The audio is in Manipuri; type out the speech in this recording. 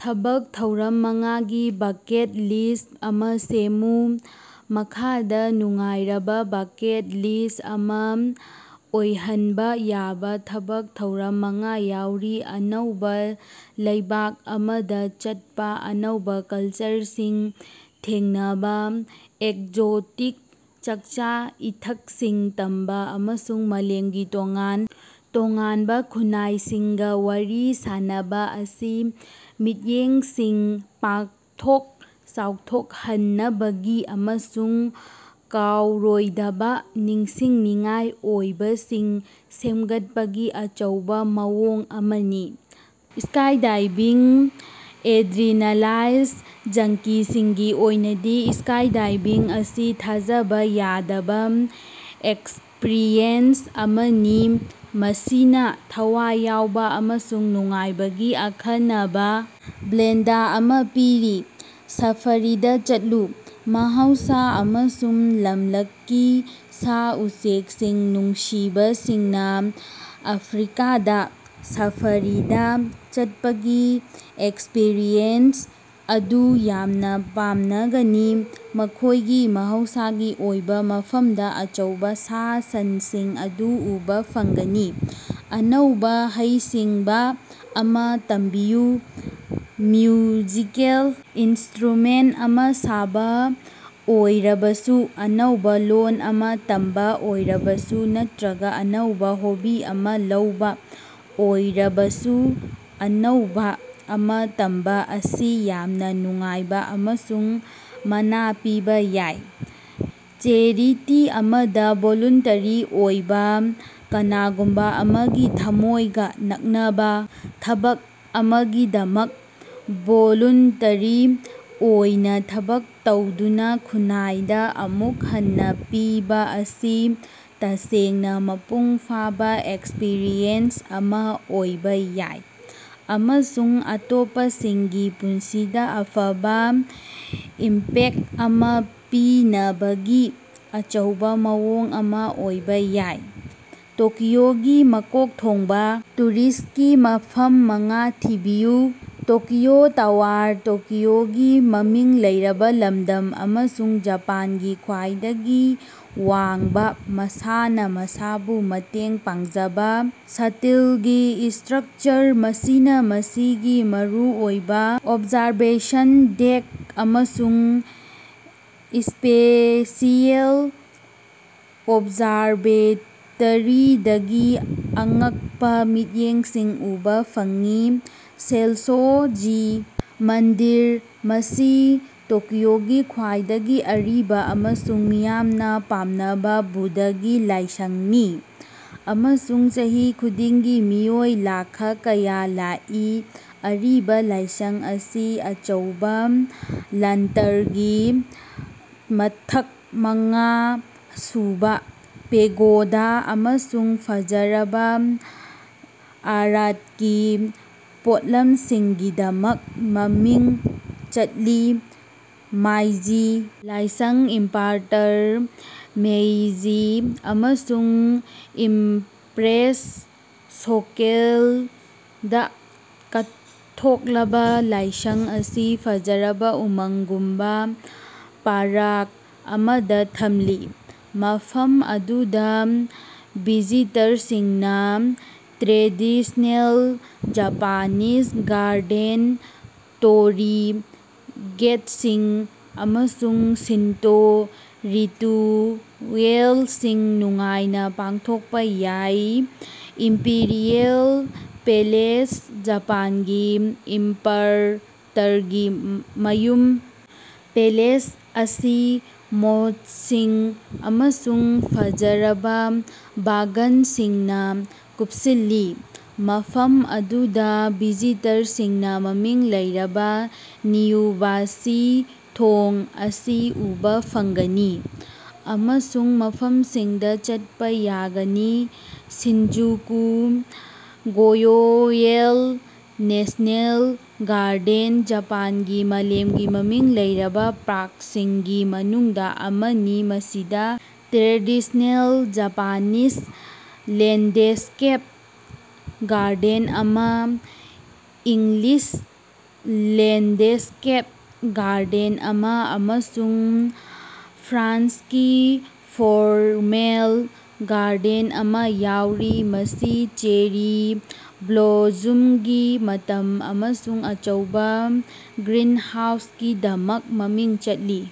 ꯊꯕꯛ ꯊꯧꯔꯝ ꯃꯉꯥꯒꯤ ꯕꯀꯦꯠ ꯂꯤꯁ꯭ꯠ ꯑꯃ ꯁꯦꯝꯃꯨ꯫ ꯃꯈꯥꯗ ꯅꯨꯡꯉꯥꯏꯔꯕꯥ ꯕꯀꯦꯠ ꯂꯤꯁ꯭ꯠ ꯑꯃ ꯑꯣꯏꯍꯟꯕ‌ ꯌꯥꯕ ꯊꯕꯛ ꯊꯧꯔꯝ ꯃꯉꯥ ꯌꯥꯎꯔꯤ - ꯑꯅꯧꯕ ꯂꯩꯕꯥꯛ ꯑꯃꯗ ꯆꯠꯄ - ꯑꯅꯧꯕ ꯀꯜꯆꯔꯁꯤꯡ ꯊꯦꯡꯅꯕ, ꯑꯦꯛꯖꯣꯇꯤꯛ ꯆꯥꯛꯆ-ꯏꯊꯛꯁꯤꯡ ꯇꯝꯕ, ꯑꯃꯁꯨꯡ ꯃꯥꯂꯦꯝꯒꯤ ꯇꯣꯉꯥꯟ ꯇꯣꯉꯥꯟꯕ ꯈꯨꯟꯅꯥꯏꯁꯤꯡꯒ ꯋꯥꯔꯤ ꯁꯥꯅꯕꯥ ꯑꯁꯤ ꯃꯤꯠꯌꯦꯡꯁꯤꯡ ꯄꯥꯛꯊꯣꯛ ꯆꯥꯎꯊꯣꯛꯍꯟꯅꯕꯒꯤ ꯑꯃꯁꯨꯡ ꯀꯥꯎꯔꯣꯏꯗꯕ ꯅꯤꯡꯁꯤꯡꯅꯤꯡꯉꯥꯏ ꯑꯣꯏꯕꯁꯤꯡ ꯁꯦꯝꯒꯠꯄꯒꯤ ꯑꯆꯧꯕ ꯃꯑꯣꯡ ꯑꯃꯅꯤ꯫ ꯁ꯭ꯀꯥꯏꯗꯥꯏꯚꯤꯡ - ꯑꯦꯗ꯭ꯔꯤꯅꯥꯂꯥꯏꯟ ꯖꯪꯀꯤꯁꯤꯡꯒꯤ ꯑꯣꯏꯅꯗꯤ ꯁ꯭ꯀꯥꯏꯗꯥꯏꯚꯤꯡ ꯑꯁꯤ ꯊꯥꯖꯕ ꯌꯥꯗꯕ ꯑꯦꯛꯁꯄꯔꯤꯌꯦꯟꯁ ꯑꯃꯅꯤ ꯃꯁꯤꯅ ꯊꯋꯥꯏ ꯌꯥꯎꯕ ꯑꯃꯁꯨꯡ ꯅꯨꯡꯉꯥꯏꯕꯒꯤ ꯑꯈꯟꯅꯕ ꯕ꯭ꯂꯦꯟꯗ ꯑꯃ ꯄꯤꯔꯤ꯫ ꯁꯥꯐꯥꯔꯤꯗ ꯆꯠꯂꯨ - ꯃꯍꯧꯁ ꯑꯃꯁꯨꯡ ꯂꯝꯂꯛꯀꯤ ꯁꯥ-ꯎꯆꯦꯛꯁꯤꯡ ꯅꯨꯡꯁꯤꯕꯁꯤꯡꯅ ꯑꯐ꯭ꯔꯤꯀꯥꯗ‌ ꯁꯥꯐꯥꯔꯤꯗ ꯆꯠꯄꯒꯤ ꯑꯦꯛꯁꯄꯔꯤꯌꯦꯟꯁ ꯑꯗꯨ ꯌꯥꯝꯅ ꯄꯥꯝꯅꯒꯅꯤ, ꯃꯈꯣꯏꯒꯤ ꯃꯍꯧꯁꯥꯒꯤ ꯑꯣꯏꯕ ꯃꯐꯝꯗ ꯑꯆꯧꯕ ꯁꯥ-ꯁꯟꯁꯤꯡ ꯑꯗꯨ ꯎꯕꯥ ꯐꯪꯒꯅꯤ꯫ ꯑꯅꯧꯕ ꯍꯩꯁꯤꯡꯕ ꯑꯃ ꯇꯝꯕꯤꯌꯨ - ꯃ꯭ꯌꯨꯖꯤꯀꯦꯜ ꯏꯟꯁꯇ꯭ꯔꯨꯃꯦꯟꯇ ꯑꯃ ꯁꯥꯕ ꯑꯣꯏꯔꯕꯁꯨ, ꯑꯅꯧꯕ‌ ꯂꯣꯜ ꯑꯃ ꯇꯝꯕ ꯑꯣꯏꯔꯕꯁꯨ ꯅꯠꯇꯔꯒ‌ ꯑꯅꯧꯕ ꯍꯣꯕꯤ ꯑꯃ ꯂꯧꯕ ꯑꯣꯏꯔꯕꯁꯨ, ꯑꯅꯧꯕ ꯑꯃ ꯇꯝꯕ ꯑꯁꯤ ꯌꯥꯝꯅ ꯅꯨꯡꯉꯥꯏꯕ ꯑꯃꯁꯨꯡ ꯃꯅꯥ ꯄꯤꯕ‌ ꯌꯥꯏ꯫ ꯆꯦꯔꯤꯇꯤ ꯑꯃꯗ ꯚꯣꯂꯨꯟꯇꯔꯤ ꯑꯣꯏꯕ - ꯀꯅꯥꯒꯨꯝꯕ‌ꯑꯃꯒꯤ ꯊꯝꯃꯣꯏꯒ ꯅꯛꯅꯕꯥ ꯊꯕꯛ ꯑꯃꯒꯤꯗꯃꯛ ꯚꯣꯂꯨꯟꯇꯔꯤ ꯑꯣꯏꯅ ꯊꯕꯛ ꯇꯧꯗꯨꯅ ꯈꯨꯟꯅꯥꯏꯗ ꯑꯃꯨꯛ ꯍꯟꯅ ꯄꯤꯕ ꯑꯁꯤ ꯇꯁꯦꯡꯅ ꯃꯄꯨꯡ ꯐꯥꯕ ꯑꯦꯛꯁꯄꯔꯤꯌꯦꯟꯁ ꯑꯃ ꯑꯣꯏꯕ ꯌꯥꯏ, ꯑꯃꯁꯨꯡ ꯑꯇꯣꯞꯄꯁꯤꯡꯒꯤ ꯄꯨꯟꯁꯤꯗ ꯑꯐꯕ ꯏꯝꯄꯦꯛꯇ ꯑꯃ ꯄꯤꯅꯕꯒꯤ ꯑꯆꯧꯕ ꯃꯑꯣꯡ ꯑꯃ ꯑꯣꯏꯕ ꯌꯥꯏ꯫ ꯇꯣꯀꯤꯑꯣꯒꯤ ꯃꯀꯣꯛ ꯊꯣꯡꯕ ꯇꯨꯔꯤꯁ꯭ꯠꯀꯤ ꯃꯐꯝ ꯃꯉꯥ ꯊꯤꯕꯤꯌꯨ꯫ ꯇꯣꯀꯤꯑꯣ ꯇꯋꯥꯔ ꯇꯣꯀꯤꯑꯣꯒꯤ ꯃꯃꯤꯡ ꯂꯩꯔꯕ ꯂꯝꯗꯝ, ꯑꯃꯁꯨꯡ ꯖꯄꯥꯟꯒꯤ ꯈ꯭ꯋꯥꯏꯗꯒꯤ ꯋꯥꯡꯕ ꯃꯁꯥꯅ ꯃꯁꯥꯕꯨ ꯃꯇꯦꯡ ꯄꯥꯡꯖꯕ ꯁ꯭ꯇꯤꯜꯒꯤ ꯁ꯭ꯇꯔꯛꯆꯔ, ꯃꯁꯤꯅ ꯃꯁꯤꯒꯤ ꯃꯔꯨꯑꯣꯏꯕ ꯑꯣꯕꯖꯥꯔꯕꯦꯁꯟ ꯗꯦꯛ ꯑꯃꯁꯨꯡ ꯁ꯭ꯄꯦꯁꯤꯑꯦꯜ ꯑꯣꯕꯖꯔꯕꯦꯇꯔꯤꯗꯒꯤ ꯑꯉꯛꯄ‌ ꯃꯤꯠꯌꯦꯡꯁꯤꯡ ꯎꯕꯥ ꯐꯪꯏ꯫ ꯁꯦꯟꯁꯣ-ꯖꯤ ꯃꯟꯗꯤꯔ ꯃꯁꯤ ꯇꯣꯀꯤꯑꯣꯒꯤ ꯈ꯭ꯋꯥꯏꯗꯒꯤ ꯑꯔꯤꯕ ꯑꯃꯁꯨꯡ ꯃꯤꯌꯥꯝꯅ ꯄꯥꯝꯅꯕꯥ ꯕꯨꯙꯒꯤ ꯂꯥꯏꯁꯡꯅꯤ, ꯑꯃꯁꯨꯡ ꯆꯍꯤ ꯈꯨꯗꯤꯡꯒꯤ ꯃꯤꯑꯣꯏ ꯂꯥꯈ ꯀꯌ ꯂꯥꯛꯏ꯫ ꯑꯔꯤꯕ ꯂꯥꯏꯁꯡ ꯑꯁꯤ ꯑꯆꯧꯕ ꯂꯦꯟꯇꯔꯁꯤꯡ, ꯃꯊꯛ ꯃꯉꯥ ꯁꯨꯕ ꯄꯦꯒꯣꯗ ꯑꯃꯁꯨꯡ ꯐꯖꯔꯕꯥ ꯑꯥ꯭ꯔꯠꯀꯤ ꯄꯣꯠꯂꯝꯁꯤꯡꯒꯤꯗꯃꯛ ꯃꯃꯤꯡ ꯆꯠꯂꯤ꯫ ꯃꯦꯏꯖꯤ ꯂꯥꯏꯁꯡ ꯏꯝꯄꯥꯔꯇꯔ ꯃꯦꯏꯖꯤ ꯑꯃꯁꯨꯡ ꯏꯝꯄ꯭ꯔꯦꯁ ꯁꯣꯀꯦꯟꯗ ꯀꯠꯊꯣꯛꯂꯕꯥ ꯂꯥꯏꯁꯡ ꯑꯁꯤ ꯐꯖꯔꯕꯥ ꯎꯃꯪꯒꯨꯝꯕ ꯄꯥꯔꯛ ꯑꯃꯗ ꯊꯝꯂꯤ, ꯃꯐꯝ ꯑꯗꯨꯗ ꯚꯤꯖꯤꯇꯔꯁꯤꯡꯅ ꯇ꯭ꯔꯦꯗꯤꯁ꯭ꯅꯦꯜ ꯖꯄꯥꯅꯤꯖ ꯒꯥꯔꯗꯦꯟ, ꯇꯣꯔꯤ ꯒꯦꯠꯁꯤꯡ, ꯑꯃꯁꯨꯡ ꯁꯤꯟꯇꯣ ꯔꯤꯇꯨꯌꯦꯜꯁꯤꯡ ꯅꯨꯡꯉꯥꯏꯅ ꯄꯥꯡꯊꯣꯛꯄ ꯌꯥꯏ꯫ ꯏꯝꯄꯤꯔꯤꯑꯦꯜ ꯄꯦꯂꯦꯁ ꯖꯄꯥꯟꯒꯤ ꯏꯝꯄꯥꯔꯇꯔꯒꯤ ꯃꯌꯨꯝ, ꯄꯦꯂꯦꯁ ꯑꯁꯤ ꯃꯣꯠꯁꯤꯡ ꯑꯃꯁꯨꯡ ꯐꯖꯔꯕꯥ ꯕꯥꯒꯥꯟꯁꯤꯡꯅ ꯀꯨꯞꯁꯤꯜꯂꯤ, ꯃꯐꯝ ꯑꯗꯨꯗ ꯚꯤꯖꯤꯇꯔꯁꯤꯡꯅ ꯃꯃꯤꯡ ꯂꯩꯔꯕ ꯅꯤꯖꯨꯕꯥꯁꯤ ꯊꯣꯡ ꯑꯁꯤ ꯎꯕꯥ ꯐꯪꯒꯅꯤ, ꯑꯃꯁꯨꯡ ꯃꯐꯝꯁꯤꯡꯗ ꯆꯠꯄ ꯌꯥꯒꯅꯤ꯫ ꯁꯤꯟꯖꯨꯀꯨ ꯒ꯭ꯌꯣꯌꯦꯟ ꯅꯦꯁ꯭ꯅꯦꯜ ꯒꯥꯔꯗꯦꯟ ꯖꯄꯥꯟꯒꯤ ꯃꯥꯂꯦꯝꯒꯤ ꯃꯃꯤꯡ ꯂꯩꯔꯕ ꯄꯥ꯭ꯔꯛꯁꯤꯡꯒꯤ ꯃꯅꯨꯡꯗ ꯑꯃꯅꯤ ꯃꯁꯤꯗ ꯇ꯭ꯔꯦꯗꯤꯁ꯭ꯅꯦꯜ ꯖꯄꯥꯅꯤꯖ ꯂꯦꯟꯗꯁ꯭ꯀꯦꯞ ꯒꯥꯔꯗꯦꯟ ꯑꯃ, ꯏꯪꯂꯤꯁ ꯂꯦꯟꯗꯁ꯭ꯀꯦꯞ ꯒꯥꯔꯗꯦꯟ ꯑꯃ, ꯑꯃꯁꯨꯡ ꯐ꯭ꯔꯥꯟꯁꯀꯤ ꯐꯣꯔꯃꯦꯜ ꯒꯥꯔꯗꯦꯟ ꯑꯃ ꯌꯥꯎꯔꯤ꯫ ꯃꯁꯤ ꯆꯦꯔꯤ ꯕ꯭ꯂꯣꯖꯨꯝꯒꯤ ꯃꯇꯝ ꯑꯃꯁꯨꯡ ꯑꯆꯧꯕ ꯒ꯭ꯔꯤꯟꯍꯥꯎꯁꯀꯤꯗꯃꯛ ꯃꯃꯤꯡ ꯆꯠꯂꯤ꯫